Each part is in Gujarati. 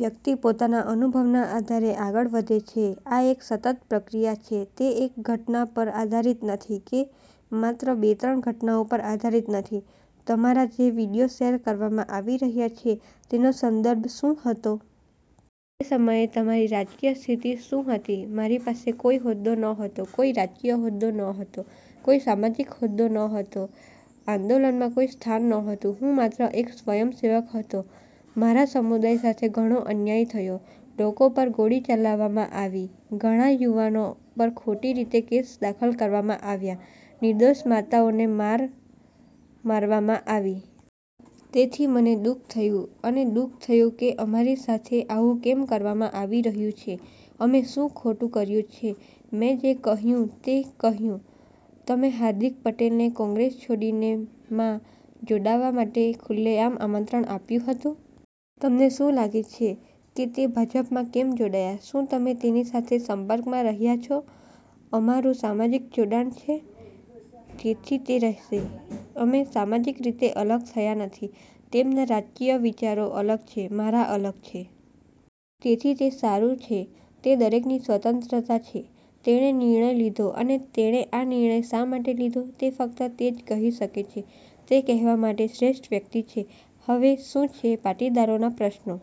વ્યક્તિ પોતાના અનુભવના આધારે આગળ વધે છે. આ એક સતત પ્રક્રિયા છે. તે એક ઘટના પર આધારિત નથી કે માત્ર બે-ત્રણ ઘટનાઓ પર આધારિત નથી. તમારા જે વીડિયો શેર કરવામાં આવી રહ્યા છે તેનો સંદર્ભ શું હતો? તે સમયે તમારી રાજકીય સ્થિતિ શું હતી? મારી પાસે કોઈ હોદ્દો નહોતો, કોઈ રાજકીય હોદ્દો નહોતો, કોઈ સામાજિક હોદ્દો નહોતો, આંદોલનમાં કોઈ સ્થાન ન્હોતું, હું માત્ર એક સ્વયંસેવક હતો. મારા સમુદાય સાથે ઘણો અન્યાય થયો, લોકો પર ગોળી ચલાવવામાં આવી, ઘણા યુવાનો પર ખોટી રીતે કેસ દાખલ કરવામાં આવ્યા, નિર્દોષ માતાઓને માર મારવામાં આવી. તેથી મને દુઃખ થયું અને દુઃખ થયું કે અમારી સાથે આવું કેમ કરવામાં આવી રહ્યું છે, અમે શું ખોટું કર્યું છે. મેં જે કહ્યું તે કહ્યું. તમે હાર્દિક પટેલને કોંગ્રેસ છોડીને માં જોડાવા માટે ખુલ્લેઆમ આમંત્રણ આપ્યું હતું. તમને શું લાગે છે કે તે ભાજપમાં કેમ જોડાયા? શું તમે તેની સાથે સંપર્કમાં રહ્યા છો? અમારું સામાજિક જોડાણ છે, તેથી તે રહેશે. અમે સામાજિક રીતે અલગ થયા નથી. તેમના રાજકીય વિચારો અલગ છે, મારા અલગ છે. તેથી તે સારું છે. તે દરેકની સ્વતંત્રતા છે. તેણે નિર્ણય લીધો અને તેણે આ નિર્ણય શા માટે લીધો તે ફક્ત તે જ કહી શકે છે. તે કહેવા માટે શ્રેષ્ઠ વ્યક્તિ છે. હવે શું છે પાટીદારોના પ્રશ્નો?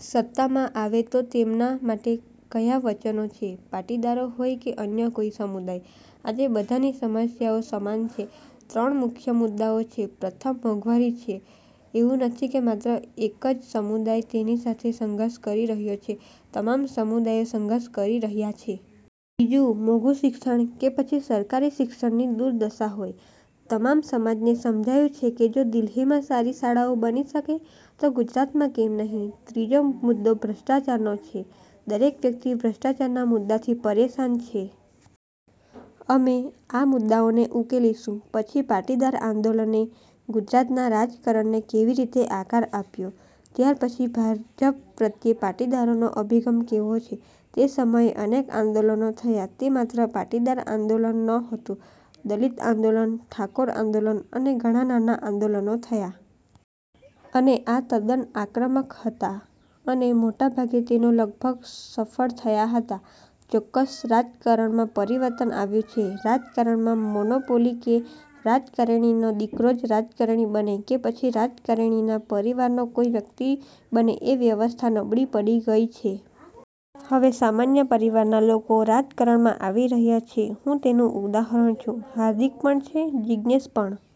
સત્તામાં આવે તો તેમના માટે કયા વચનો છે? પાટીદારો હોય કે અન્ય કોઈ સમુદાય. આજે બધાની સમસ્યાઓ સમાન છે. ત્રણ મુખ્ય મુદ્દાઓ છે. પ્રથમ મોંઘવારી છે. એવું નથી કે માત્ર એક જ સમુદાય તેની સાથે સંઘર્ષ કરી રહ્યો છે, તમામ સમુદાયો સંઘર્ષ કરી રહ્યા છે. બીજું મોંઘું શિક્ષણ કે પછી સરકારી શિક્ષણની દુર્દશા હોય. તમામ સમાજને સમજાયું છે કે જો દિલ્હીમાં સારી શાળાઓ બની શકે તો ગુજરાતમાં કેમ નહીં? ત્રીજો મુદ્દો ભ્રષ્ટાચારનો છે, દરેક વ્યક્તિ ભ્રષ્ટાચારના મુદ્દાથી પરેશાન છે. અમે આ મુદ્દાઓને ઉકેલીશું. પછી પાટીદાર આંદોલને ગુજરાતના રાજકારણને કેવી રીતે આકાર આપ્યો? ત્યારપછી ભાજપ પ્રત્યે પાટીદારોનો અભિગમ કેવો છે? તે સમયે અનેક આંદોલનો થયા, તે માત્ર પાટીદાર આંદોલન નહોતું. દલિત આંદોલન, ઠાકોર આંદોલન અને ઘણા નાના આંદોલનો થયા. અને આ તદ્દન આક્રમક હતા, અને મોટાભાગે તેઓ લગભગ સફળ થયા હતા. ચોક્કસ રાજકારણમાં પરિવર્તન આવ્યું છે. રાજકારણમાં મોનોપોલી કે રાજકારણીનો દીકરો જ રાજકારણી બને કે પછી રાજકારણીના પરિવારનો કોઈ વ્યક્તિ બને એ વ્યવસ્થા નબળી પડી ગઈ છે. હવે સામાન્ય પરિવારના લોકો રાજકારણમાં આવી રહ્યા છે. હું તેનું ઉદાહરણ છું, હાર્દિક પણ છે, જિગ્નેશ પણ